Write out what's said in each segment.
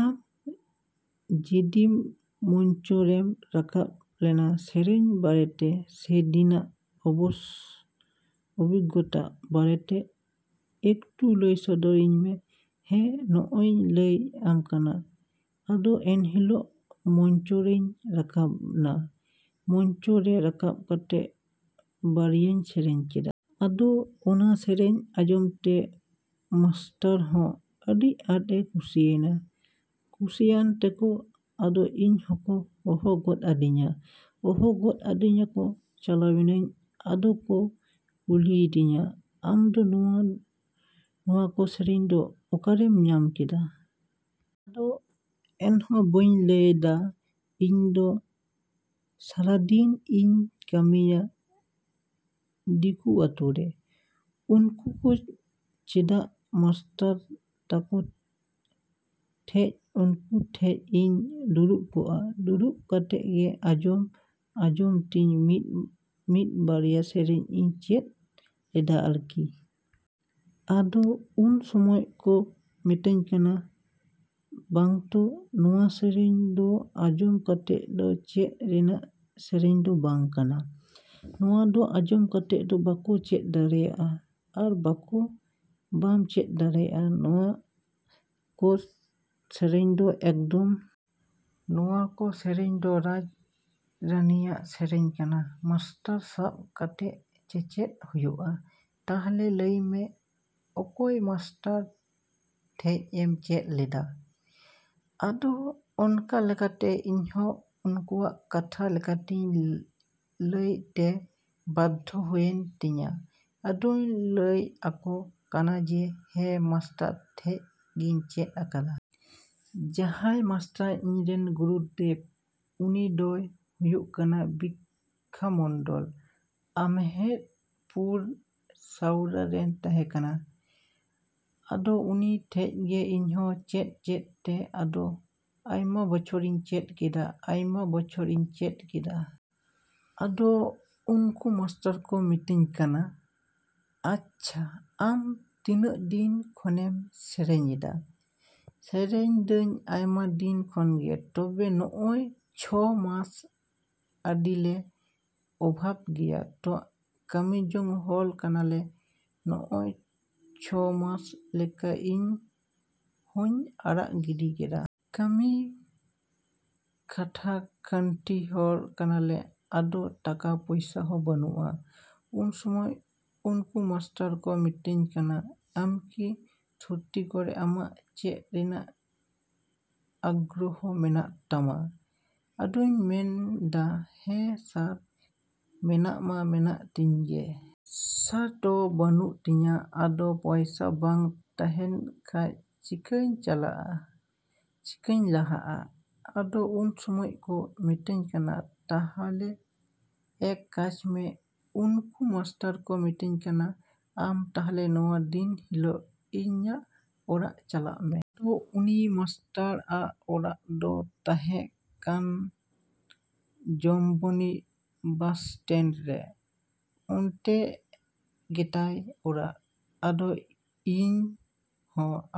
ᱟᱢ ᱡᱮᱫᱤᱱ ᱢᱚᱧᱪᱚ ᱨᱮᱢ ᱨᱟᱠᱟᱵ ᱞᱮᱱᱟ ᱥᱮᱨᱮᱧ ᱵᱟᱨᱮᱛᱮ, ᱥᱮ ᱫᱤᱱᱟᱜ ᱚᱵᱷᱤᱜᱚᱛᱟ ᱵᱟᱨᱮᱛᱮ ᱮᱠᱴᱩ ᱞᱟᱹᱭ ᱥᱚᱫᱚᱨ ᱤᱧ ᱢᱮ᱾ ᱦᱮᱸ, ᱚᱱᱟᱜᱤᱧ ᱞᱟᱹᱭ ᱟᱢ ᱠᱟᱱᱟ᱾ ᱟᱫᱚ ᱮᱱᱦᱤᱞᱳᱜ ᱢᱚᱧᱪᱚᱨᱮᱧ ᱨᱟᱠᱟᱵᱱᱟ᱾ ᱢᱚᱧᱪᱚ ᱨᱮ ᱨᱟᱠᱟᱵᱽ ᱠᱟᱛᱮᱜ ᱵᱟᱨᱭᱟᱧ ᱥᱮᱨᱮᱧ ᱠᱮᱫᱟ᱾ ᱟᱫᱚ ᱚᱱᱟ ᱥᱮᱨᱮᱧ ᱟᱸᱡᱚᱢᱛᱮ ᱢᱟᱥᱴᱟᱨᱦᱚᱸ ᱟᱹᱰᱤ ᱟᱸᱴ ᱠᱚ ᱠᱩᱥᱤᱭᱮᱱᱟ᱾ ᱠᱩᱥᱤᱭᱟᱱ ᱛᱮᱠᱚ ᱟᱫᱚ ᱤᱧ ᱦᱚᱸᱠᱚ ᱦᱚᱦᱚ ᱜᱚᱫ ᱟᱹᱫᱤᱧᱟ᱾ ᱦᱚᱦᱚ ᱜᱚᱫ ᱟᱹᱫᱤᱧ ᱟᱠᱚ, ᱪᱟᱞᱟᱣᱱᱟᱧ᱾ ᱟᱫᱚ ᱠᱚ ᱠᱩᱞᱤᱭᱮᱫᱤᱧᱟ, “ᱟᱢ ᱫᱚ ᱱᱚᱣᱟ ᱠᱚ ᱥᱮᱨᱮᱧ ᱫᱚ ᱚᱠᱟᱨᱮᱢ ᱧᱟᱢ ᱠᱮᱫᱟ”? ᱟᱫᱚ ᱮᱱᱦᱚᱸ ᱵᱟᱹᱧ ᱞᱟᱹᱭᱫᱟ᱾ “ᱤᱧᱫᱚ ᱥᱟᱨᱟᱫᱤᱱ ᱤᱧ ᱠᱟᱹᱢᱤᱭᱟ ᱫᱤᱠᱩ ᱟᱹᱛᱩᱨᱮ᱾ ᱩᱱᱠᱩ ᱠᱚ ᱪᱮᱫᱟᱜ ᱢᱟᱥᱴᱟᱨ ᱛᱟᱠᱚ ᱴᱷᱮᱡ, ᱩᱱᱠᱩ ᱴᱷᱮᱡ ᱤᱧ ᱫᱩᱲᱩᱵᱽ ᱠᱚᱜᱼᱟ᱾ ᱫᱩᱲᱩᱵ ᱠᱟᱛᱮᱜ ᱜᱮ ᱟᱸᱡᱚᱢ ᱟᱸᱡᱚᱢ ᱛᱤᱧ ᱢᱤᱫ ᱵᱟᱨᱭᱟ ᱥᱮᱨᱮᱧ ᱤᱧ ᱪᱮᱫ ᱞᱮᱫᱟ ᱟᱨᱠᱤ”᱾ ᱟᱫᱚ ᱩᱱ ᱥᱚᱢᱚᱭ ᱠᱚ ᱢᱮᱛᱤᱧ ᱠᱟᱱᱟ, “ᱵᱟᱝᱛᱚ, ᱱᱚᱣᱟ ᱥᱮᱨᱮᱧ ᱫᱚ ᱟᱸᱡᱚᱢ ᱠᱟᱛᱮᱜ ᱫᱚ ᱪᱮᱫ ᱨᱮᱭᱟᱜ ᱥᱮᱨᱮᱧ ᱫᱚ ᱵᱟᱝ ᱠᱟᱱᱟ᱾ ᱱᱚᱣᱟ ᱫᱚ ᱟᱸᱡᱚᱢ ᱠᱟᱛᱮᱜ ᱫᱚ ᱵᱟᱠᱚ ᱪᱮᱫ ᱫᱟᱲᱮᱭᱟᱜᱼᱟ ᱟᱨ ᱵᱟᱠᱚ ᱵᱟᱢ ᱪᱮᱫ ᱫᱟᱲᱮᱭᱟᱜᱼᱟ ᱱᱚᱣᱟ ᱠᱚ ᱥᱮᱨᱮᱧ ᱫᱚ ᱮᱠᱫᱚᱢ᱾ ᱱᱚᱣᱟ ᱠᱚ ᱥᱮᱨᱮᱧ ᱫᱚ ᱨᱟᱡ ᱨᱟᱱᱤᱭᱟᱜ ᱥᱮᱨᱮᱧ ᱠᱟᱱᱟ᱾ ᱢᱟᱥᱴᱟᱨ ᱥᱟᱵ ᱠᱟᱛᱮᱜ ᱪᱮᱪᱮᱫ ᱦᱩᱭᱩᱜ-ᱟ᱾ ᱛᱟᱦᱞᱮ ᱞᱟᱹᱭᱢᱮ ᱚᱠᱚᱭ ᱢᱟᱥᱴᱟᱨ ᱴᱷᱮᱡ ᱮᱢ ᱪᱮᱫ ᱞᱮᱫᱟ”? ᱟᱫᱚ ᱚᱱᱠᱟ ᱞᱮᱠᱟᱛᱮ ᱤᱧᱦᱚᱸ ᱩᱱᱠᱩᱣᱟᱜ ᱠᱟᱛᱷᱟ ᱞᱮᱠᱟᱛᱮ ᱞᱟᱹᱭᱛᱮ ᱵᱟᱫᱽᱫᱷᱚ ᱦᱩᱭᱮᱱ ᱛᱤᱧᱟ᱾ ᱟᱫᱚᱧ ᱞᱟᱹᱭᱟᱠᱚ ᱠᱟᱱᱟ ᱡᱮ, “ᱦᱮᱸ, ᱢᱟᱥᱴᱟᱨ ᱴᱷᱮᱡ ᱜᱤᱧ ᱪᱮᱫ ᱠᱟᱫᱟ᱾ ᱡᱟᱸᱦᱟᱭ ᱢᱟᱥᱴᱟᱨ ᱤᱧ ᱨᱮᱱ ᱜᱩᱨᱩᱫᱮᱵ, ᱩᱱᱤ ᱫᱚᱭ ᱦᱩᱭᱩᱜ ᱠᱟᱱᱟ ᱵᱷᱤᱠᱠᱟ ᱢᱚᱱᱰᱚᱞ, ᱟᱦᱚᱢᱮᱫᱱᱯᱩᱨ ᱥᱟᱣᱲᱟ ᱨᱮᱱᱮ ᱛᱟᱸᱦᱮ ᱠᱟᱱᱟ᱾ ᱟᱫᱚ ᱩᱱᱤ ᱴᱷᱮᱡ ᱜᱮ ᱤᱧᱦᱚᱸ ᱪᱮᱫ ᱪᱮᱫᱛᱮ ᱟᱫᱚ ᱟᱭᱢᱟ ᱵᱚᱪᱷᱚᱨᱤᱧ ᱪᱮᱫ ᱠᱮᱫᱟ”᱾ ᱟᱭᱢᱟ ᱵᱚᱪᱷᱚᱨ ᱤᱧ ᱪᱮᱫ ᱠᱮᱫᱟ᱾ ᱟᱫᱚ ᱩᱱᱠᱩ ᱢᱟᱥᱴᱟᱨ ᱠᱚ ᱢᱤᱛᱟᱹᱧ ᱠᱟᱱᱟ, “ᱟᱪᱪᱷᱟ, ᱟᱢ ᱛᱤᱱᱟᱹᱜ ᱫᱤᱱ ᱠᱷᱚᱱᱮᱢ ᱥᱮᱨᱮᱧᱮᱫᱟ”? “ᱥᱮᱨᱮᱧ ᱫᱟᱹᱧ ᱟᱭᱢᱟ ᱫᱤᱱ ᱠᱷᱚᱱᱜᱮ᱾ ᱛᱚᱵᱮ ᱱᱚᱜ-ᱚᱭ ᱪᱷᱚ ᱢᱟᱥ ᱟᱹᱰᱤᱞᱮ ᱚᱵᱷᱟᱵ ᱜᱮᱭᱟ ᱛᱚ, ᱠᱟᱹᱢᱤ ᱡᱚᱝ ᱦᱚᱲ ᱠᱟᱱᱟᱞᱮ᱾ ᱱᱚᱜ ᱚᱭ ᱪᱷᱚ ᱢᱟᱥ ᱞᱮᱠᱟᱧ ᱤᱧ ᱦᱚᱧ ᱟᱲᱟᱜ ᱜᱤᱰᱤᱭ ᱠᱟᱫᱟ᱾ ᱠᱟᱹᱢᱤ ᱠᱷᱟᱴᱟ ᱠᱷᱟᱴᱱᱤ ᱦᱚᱲ ᱠᱟᱱᱟᱞᱮ᱾ ᱟᱫᱚ ᱴᱟᱠᱟ ᱯᱚᱭᱥᱟ ᱦᱚᱸ ᱵᱟᱹᱱᱩᱜ-ᱟ”᱾ ᱩᱱ ᱥᱚᱢᱚᱭ ᱩᱱᱠᱩ ᱢᱟᱥᱴᱟᱨ ᱠᱚ ᱢᱤᱛᱟᱹᱧ ᱠᱟᱱᱟ, “ᱟᱢᱠᱤ ᱥᱚᱛᱛᱤ ᱠᱚᱨᱮ ᱟᱢᱟᱜ ᱪᱮᱫ ᱨᱮᱭᱟᱜ ᱟᱜᱽᱨᱚᱦᱚᱸ ᱢᱮᱱᱟᱜ ᱛᱟᱢᱟ”? ᱟᱫᱚᱧ ᱢᱮᱱᱫᱟ, “ᱦᱮᱸ ᱥᱟᱨ, ᱢᱮᱱᱟᱜ ᱢᱟ ᱢᱮᱱᱟᱜ ᱛᱤᱧ ᱜᱮ᱾ ᱯᱚᱭᱥᱟ ᱛᱚ ᱵᱟᱹᱱᱩᱜ ᱛᱤᱧᱟ”᱾ ᱟᱫᱚ, “ᱯᱚᱭᱥᱟ ᱵᱟᱝ ᱛᱟᱸᱦᱮᱱ ᱠᱷᱟᱡ ᱪᱤᱠᱟᱧ ᱪᱟᱞᱟᱜ-ᱟ? ᱪᱤᱠᱟᱹᱧ ᱞᱟᱦᱟᱜ-ᱟ”? ᱟᱫᱚ ᱩᱱ ᱥᱚᱢᱚᱭ ᱠᱚ ᱢᱤᱛᱟᱹᱧ ᱠᱟᱱᱟ, “ᱛᱟᱦᱞᱮ ᱮᱠ ᱠᱟᱡᱢᱮ”, ᱩᱱᱠᱩ ᱢᱟᱥᱴᱟᱨ ᱠᱚ ᱢᱮᱛᱟᱹᱧ ᱠᱟᱱᱟ, “ᱟᱢ ᱛᱟᱦᱞᱮ ᱱᱚᱣᱟ ᱫᱤᱱ ᱦᱤᱞᱳᱜ ᱤᱧᱟᱹᱜ ᱚᱲᱟᱜ ᱪᱟᱞᱟᱜ ᱢᱮ”᱾ ᱟᱫᱚ ᱩᱱᱤ ᱢᱟᱥᱴᱟᱨ ᱟᱜ ᱚᱲᱟᱜ ᱫᱚ ᱛᱟᱸᱦᱮ ᱠᱟᱱᱟ ᱡᱟᱢᱵᱚᱱᱤ ᱵᱟᱥᱴᱮᱱᱰᱨᱮ᱾ ᱚᱱᱛᱮ ᱜᱮᱛᱟᱭ ᱚᱲᱟᱜ᱾ ᱟᱫᱚ ᱤᱧᱦᱸ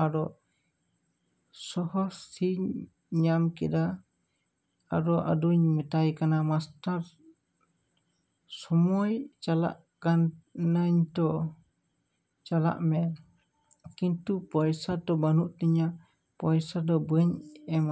ᱟᱨᱚ ᱥᱟᱦᱚᱥᱤᱧ ᱧᱟᱢ ᱠᱮᱫᱟ᱾ ᱟᱨᱚ ᱟᱫᱚᱧ ᱢᱮᱛᱟᱭ ᱠᱟᱱᱟ, ᱢᱟᱥᱴᱟᱨ ᱢᱚᱥᱟᱭ, ᱪᱟᱞᱟᱜ ᱠᱟᱱᱟᱧ ᱛᱚ? “ᱪᱟᱞᱟᱜ ᱢᱮ᱾ ᱠᱤᱱᱛᱩ ᱯᱚᱭᱥᱟ ᱛᱚ ᱵᱟᱹᱱᱩᱜ ᱛᱤᱧᱟᱹ᱾ ᱯᱚᱭᱥᱟ ᱫᱚ ᱵᱟᱹᱧ ᱮᱢ”